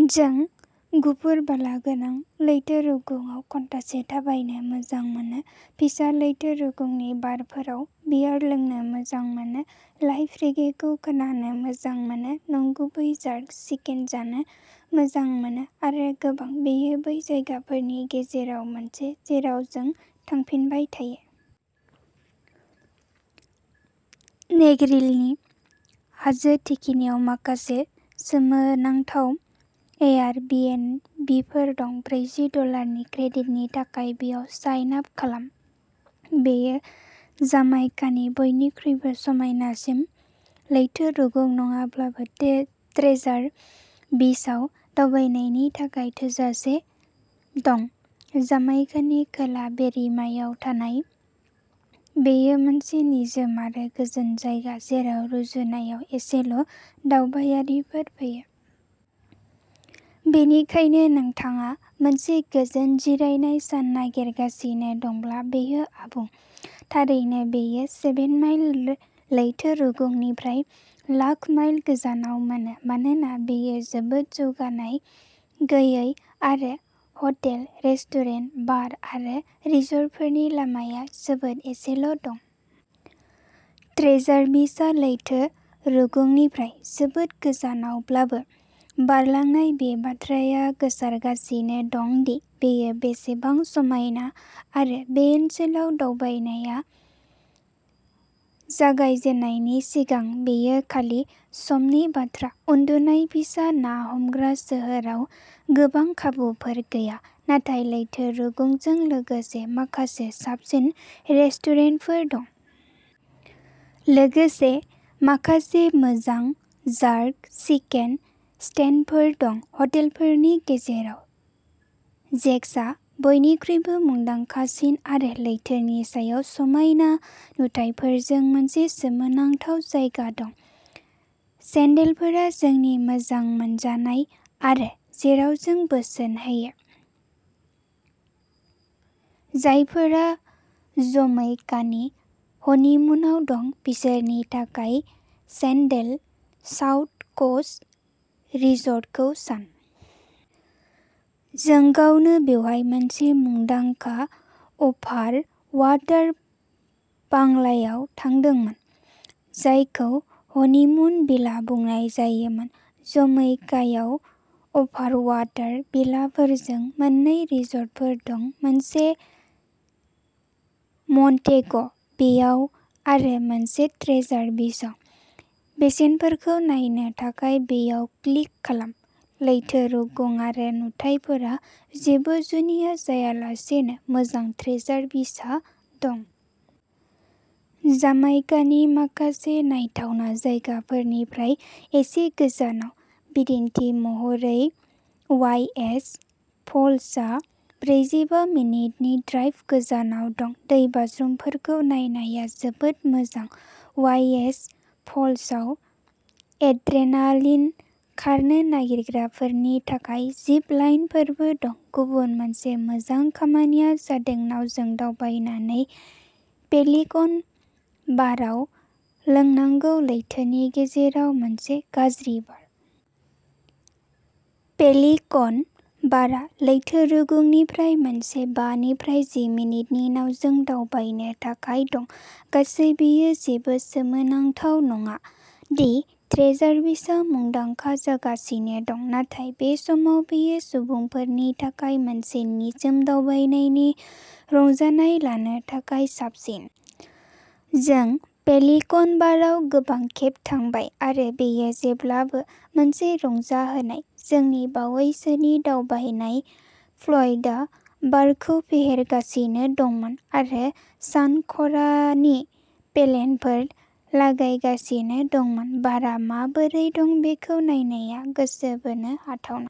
जों गुफुर बालागोनां लैथो रुगुंआव घन्टासे थाबायनो मोजां मोनो फिसा लैथो रुगुंनि बारफोराव बियार लोंनो मोजां मोनो। लाइभ रेगेखौ खोनानो मोजां मोनो नंगुबै जार्क चिकेन जानो मोजां मोनो आरो गोबां। बेयो बै जायगाफोरनि गेजेराव मोनसे जेराव जों थांफिनबाय थायो। नेग्रिलनि हाजो थिखिनियाव माखासे सोमोनांथाव एयारबिएनबिफोर दं। ब्रैजि डलारनि क्रेडिटनि थाखाय बेयाव साइन आप खालाम। बेयो जामाइकानि बयनिख्रुइबो समायनासिन लैथो रुगुं नङाब्लाबो ट्रे- ट्रेजार बीचआव दावबायनायनि थाखाय थोजासे दं। जामाइकानि खोला बोरिमायाव थानाय बेयो मोनसे निजोम आरो गोजोन जायगा जेराव रुजुनायाव एसेल' दावबायारिफोर फैयो। बेनिखायनो नोंथाङा मोनसे गोजोन जिरायनाय सान नागिरगासिनो दंब्ला बेयो आबुं। थारैनो, बेयो सेभेन माइल लैथो रुगुंनिफ्राय लाख माइल गोजानाव मोनो। मानोना बेयो जोबोद जौगानाय गैयै आरो हटेल, रेस्टुरेन्ट, बार आरो रिसर्टफोरनि लामाया जोबोद एसेल' दं। ट्रेजार बीचआ लैथो रुगुंनिफ्राय जोबोद गोजानावब्लाबो बारलांनाय बे बाथ्राया गोसारगासिनो दं दि बेयो बेसेबां समायना आरो बे ओनसोलाव दावबायनाया जागाय जेननायनि सिगां बेयो खालि समनि बाथ्रा। उन्दुनाय फिसा ना हमग्रा सोहोराव गोबां खाबुफोर गैया, नाथाय लैथो रुगुंजों लोगोसे माखासे साबसिन रेस्टुरेन्टफोर दं। लोगोसे माखासे मोजां जार्क चिकेन स्टेन्डफोर दं हटेलफोरनि गेजेराव। जेकसआ बयनिख्रुइबो मुंदांखासिन आरो लैथोनि सायाव समायना नुथायफोरजों मोनसे सोमोनांथाव जायगा दं। सेन्डेलफोरा जोंनि मोजां मोनजानाय आरो जेराव जों बोसोन होयो। जायफोरा जमैकानि हनिमुनआव दं बिसोरनि थाखाय सेन्डेल साउथ क'स्ट रिसर्टखौ सान। जों गावनो बेवहाय मोनसे मुंदांखा अभारवाटार बांलायाव थादोंमोन। जायखौ हनिमुन विला बुंनाय जायोमोन। जमैकायाव अभारवाटार विलाफोरजों मोन्नै रिसर्टफोर दं मोनसे मन्टेग'बेआव आरो मोनसे ट्रेजार बीचआव। बेसेनफोरखौ नायनो थाखाय बेयाव क्लिक खालाम। लैथो रुगुं आरो नुथायफोरा जेबो जुनिया जायालासेनो मोजां ट्रेजार बीचआ दं। जामाइकानि माखासे नायथावना जायगाफोरनिफ्राय एसे गोजानाव। बिदिन्थि महरै, वाइएस फल्सआ ब्रैजिबा मिनिटनि ड्राइभ गोजानाव दं। दैबाज्रुमफोरखौ नायनाया जोबोद मोजां वाइएस फल्सआव एड्रेनालिन खारनो नागिरग्राफोरनि थाखाय जिप लाइनफोरबो दं। गुबुन मोनसे मोजां खामानिआ जादों नावजों दावबायनानै पेलिकन बारआव लोंनांगौ लैथोनि गेजेराव मोनसे गाज्रि बार। पेलिकन बारआ लैथो रुगुंनिफ्राय मोनसे बा निफ्राय जि मिनिटनि नावजों दावबायनो थाखाय दं। गासै बेयो जेबो सोमोनांथाव नङा दि ट्रेजार बीचआ मुंदांखा जागासिनो दं। नाथाय बे समाव बेयो सुबुंफोरनि थाखाय मोनसे निजोम दावबायनायनि रंजानाय लानो थाखाय साबसिन। जों पेलिकन बारआव गोबां खेब थांबाय आरो बेयो जेब्लाबो मोनसे रंजाहोनाय। जोंनि बावैसोनि दावबायनायाव फ्लयडआ बारखौ फेहेरगासिनो दंमोन आरो सानखरानि पेलेनफोर लागायगासिनो दंमोन। बारआ माबोरै दं बेखौ नायनाया गोसो बोनो हाथावना।